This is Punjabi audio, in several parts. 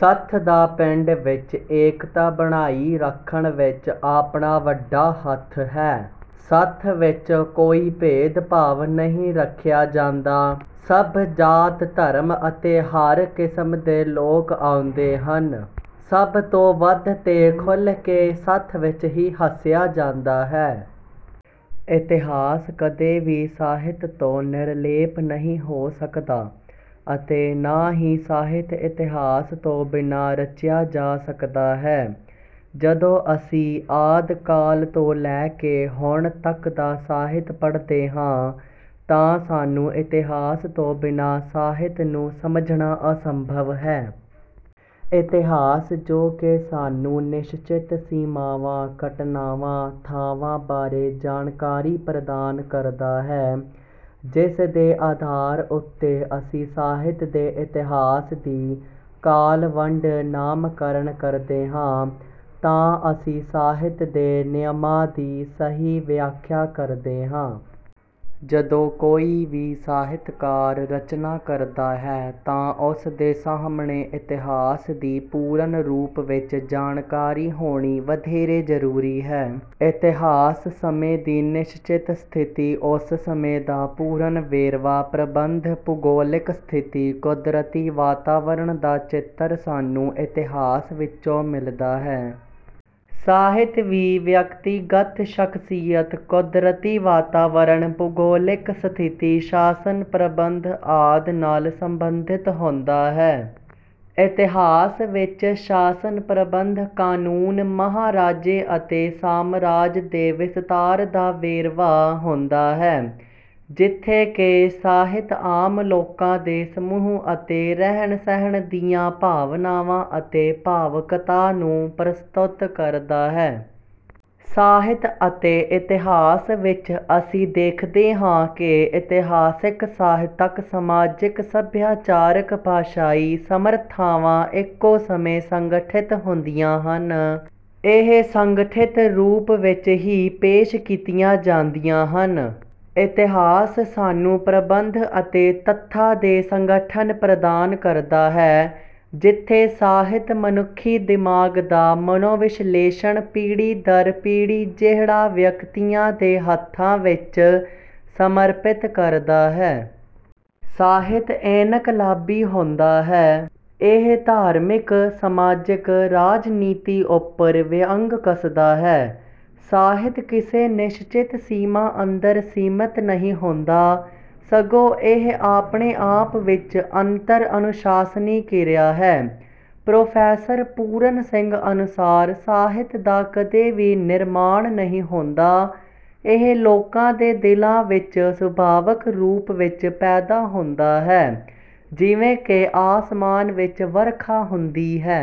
ਸੱਥ ਦਾ ਪਿੰਡ ਵਿੱਚ ਏਕਤਾ ਬਣਾਈ ਰੱਖਣ ਵਿੱਚ ਆਪਣਾ ਵੱਡਾ ਹੱਥ ਹੈ। ਸੱਥ ਵਿੱਚ ਕੋਈ ਭੇਦ ਭਾਵ ਨਹੀਂ ਰੱਖਿਆ ਜਾਂਦਾ। ਸਭ ਜਾਤ ਧਰਮ ਅਤੇ ਹਰ ਕਿਸਮ ਦੇ ਲੋਕ ਆਉਂਦੇ ਹਨ। ਸਭ ਤੋਂ ਵੱਧ ਤੇ ਖੁੱਲ੍ਹ ਕੇ ਸੱਥ ਵਿੱਚ ਹੀ ਹੱਸਿਆ ਜਾਂਦਾ ਹੈ। ਇਤਿਹਾਸ ਕਦੇ ਵੀ ਸਾਹਿਤ ਤੋਂ ਨਿਰਲੇਪ ਨਹੀਂ ਹੋ ਸਕਦਾ ਅਤੇ ਨਾ ਹੀ ਸਾਹਿਤ ਇਤਿਹਾਸ ਤੋਂ ਬਿਨਾਂ ਰਚਿਆ ਜਾ ਸਕਦਾ ਹੈ। ਜਦੋਂ ਅਸੀਂ ਆਦਿ ਕਾਲ ਤੋਂ ਲੈ ਕੇ ਹੁਣ ਤੱਕ ਦਾ ਸਾਹਿਤ ਪੜ੍ਹਦੇ ਹਾਂ ਤਾਂ ਸਾਨੂੰ ਇਤਿਹਾਸ ਤੋਂ ਬਿਨਾਂ ਸਾਹਿਤ ਨੂੰ ਸਮਝਣਾ ਅਸੰਭਵ ਹੈ। ਇਤਿਹਾਸ ਜੋ ਕਿ ਸਾਨੂੰ ਨਿਸ਼ਚਿਤ ਸੀਮਾਵਾਂ ਘਟਨਾਵਾਂ ਥਾਵਾਂ ਬਾਰੇ ਜਾਣਕਾਰੀ ਪ੍ਰਦਾਨ ਕਰਦਾ ਹੈ ਜਿਸ ਦੇ ਆਧਾਰ ਉੱਤੇ ਅਸੀਂ ਸਾਹਿਤ ਦੇ ਇਤਿਹਾਸ ਦੀ ਕਾਲਵੰਡ ਨਾਮਕਰਣ ਕਰਦੇ ਹਾਂ ਤਾਂ ਅਸੀਂ ਸਾਹਿਤ ਦੇ ਨਿਯਮਾਂ ਦੀ ਸਹੀ ਵਿਆਖਿਆ ਕਰਦੇ ਹਾਂ। ਜਦੋਂ ਕੋਈ ਵੀ ਸਾਹਿਤਕਾਰ ਰਚਨਾ ਕਰਦਾ ਹੈ ਤਾਂ ਉਸਦੇ ਸਾਹਮਣੇ ਇਤਿਹਾਸ ਦੀ ਪੂਰਨ ਰੂਪ ਵਿੱਚ ਜਾਣਕਾਰੀ ਹੋਣੀ ਵਧੇਰੇ ਜਰੂਰੀ ਹੈ। ਇਤਿਹਾਸ ਸਮੇਂ ਦੀ ਨਿਸ਼ਚਿਤ ਸਥਿਤੀ ਉਸ ਸਮੇਂ ਦਾ ਪੂਰਨ ਵੇਰਵਾ ਪ੍ਰਬੰਧ ਭੂਗੋਲਿਕ ਸਥਿਤੀ ਕੁਦਰਤੀ ਵਾਤਾਵਰਣ ਦਾ ਚਿੱਤਰ ਸਾਨੂੰ ਇਤਿਹਾਸ ਵਿੱਚੋਂ ਮਿਲਦਾ ਹੈ। ਸਾਹਿਤ ਵੀ ਵਿਅਕਤੀਗਤ ਸ਼ਖਸੀਅਤ ਕੁਦਰਤੀ ਵਾਤਾਵਰਣ ਭੂਗੋਲਿਕ ਸਥਿਤੀ ਸ਼ਾਸਨ ਪ੍ਰਬੰਧ ਆਦਿ ਨਾਲ ਸੰਬੰਧਿਤ ਹੁੰਦਾ ਹੈ। ਇਤਿਹਾਸ ਵਿੱਚ ਸ਼ਾਸਨ ਪ੍ਰਬੰਧ ਕਾਨੂੰਨ ਮਹਾਰਾਜੇ ਅਤੇ ਸਾਮਰਾਜ ਦੇ ਵਿਸਤਾਰ ਦਾ ਵੇਰਵਾ ਹੁੰਦਾ ਹੈ ਜਿੱਥੇ ਕਿ ਸਾਹਿਤ ਆਮ ਲੋਕਾਂ ਦੇ ਸਮੂਹ ਅਤੇ ਰਹਿਣ ਸਹਿਣ ਦੀਆਂ ਭਾਵਨਾਵਾਂ ਅਤੇ ਭਾਵੁਕਤਾ ਨੂੰ ਪ੍ਰਸਤੁਤ ਕਰਦਾ ਹੈ। ਸਾਹਿਤ ਅਤੇ ਇਤਿਹਾਸ ਵਿੱਚ ਅਸੀਂ ਦੇਖਦੇ ਹਾਂ ਕਿ ਇਤਿਹਾਸਿਕ ਸਾਹਿਤਕ ਸਮਾਜਿਕ ਸੱਭਿਆਚਾਰਕ ਭਾਸ਼ਾਈ ਸਮਰੱਥਾਵਾਂ ਇੱਕੋ ਸਮੇਂ ਸੰਗਠਿਤ ਹੁੰਦੀਆਂ ਹਨ ਇਹ ਸੰਗਠਿਤ ਰੂਪ ਵਿੱਚ ਹੀ ਪੇਸ਼ ਕੀਤੀਆਂ ਜਾਂਦੀਆਂ ਹਨ। ਇਤਿਹਾਸ ਸਾਨੂੰ ਪ੍ਰਬੰਧ ਅਤੇ ਤੱਥਾਂ ਦੇ ਸੰਗਠਨ ਪ੍ਰਦਾਨ ਕਰਦਾ ਹੈ ਜਿੱਥੇ ਸਾਹਿਤ ਮਨੁੱਖੀ ਦਿਮਾਗ ਦਾ ਮਨੋਵਿਸ਼ਲੇਸ਼ਣ ਪੀੜ੍ਹੀ ਦਰ ਪੀੜ੍ਹੀ ਜਿਹੜਾ ਵਿਅਕਤੀਆਂ ਦੇ ਹੱਥਾਂ ਵਿੱਚ ਸਮਰਪਿਤ ਕਰਦਾ ਹੈ। ਸਾਹਿਤ ਇਨਕਲਾਬੀ ਹੁੰਦਾ ਹੈ। ਇਹ ਧਾਰਮਿਕ ਸਮਾਜਿਕ ਰਾਜਨੀਤੀ ਉੱਪਰ ਵਿਅੰਗ ਕੱਸਦਾ ਹੈ। ਸਾਹਿਤ ਕਿਸੇ ਨਿਸ਼ਚਿਤ ਸੀਮਾ ਅੰਦਰ ਸੀਮਿਤ ਨਹੀਂ ਹੁੰਦਾ ਸਗੋਂ ਇਹ ਆਪਣੇ ਆਪ ਵਿੱਚ ਅੰਤਰ ਅਨੁਸ਼ਾਸਨੀ ਕਿਰਿਆ ਹੈ। ਪ੍ਰੋਫੈਸਰ ਪੂਰਨ ਸਿੰਘ ਅਨੁਸਾਰ ਸਾਹਿਤ ਦਾ ਕਦੇ ਵੀ ਨਿਰਮਾਣ ਨਹੀਂ ਹੁੰਦਾ ਇਹ ਲੋਕਾਂ ਦੇ ਦਿਲਾਂ ਵਿੱਚ ਸੁਭਾਵਕ ਰੂਪ ਵਿੱਚ ਪੈਦਾ ਹੁੰਦਾ ਹੈ ਜਿਵੇਂ ਕਿ ਆਸਮਾਨ ਵਿੱਚ ਵਰਖਾ ਹੁੰਦੀ ਹੈ।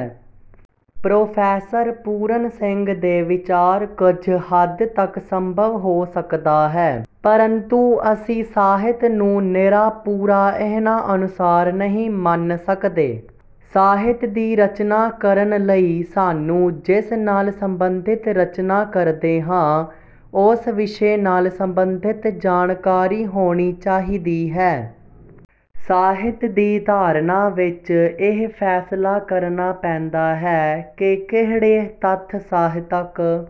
ਪ੍ਰੋਫੈਸਰ ਪੂਰਨ ਸਿੰਘ ਦੇ ਵਿਚਾਰ ਕੁੱਝ ਹੱਦ ਤੱਕ ਸੰਭਵ ਹੋ ਸਕਦਾ ਹੈ ਪਰੰਤੂ ਅਸੀਂ ਸਾਹਿਤ ਨੂੰ ਨਿਰਾ ਪੂਰਾ ਇਹਨਾਂ ਅਨੁਸਾਰ ਨਹੀਂ ਮੰਨ ਸਕਦੇ। ਸਾਹਿਤ ਦੀ ਰਚਨਾ ਕਰਨ ਲਈ ਸਾਨੂੰ ਜਿਸ ਨਾਲ ਸੰਬੰਧਿਤ ਰਚਨਾ ਕਰਦੇ ਹਾਂ ਉਸ ਵਿਸ਼ੇ ਨਾਲ ਸੰਬੰਧਿਤ ਜਾਣਕਾਰੀ ਹੋਣੀ ਚਾਹੀਦੀ ਹੈ। ਸਾਹਿਤ ਦੀ ਧਾਰਨਾ ਵਿੱਚ ਇਹ ਫੈਸਲਾ ਕਰਨਾ ਪੈਂਦਾ ਹੈ ਕਿ ਕਿਹੜੇ ਤੱਥ ਸਾਹਿਤਕ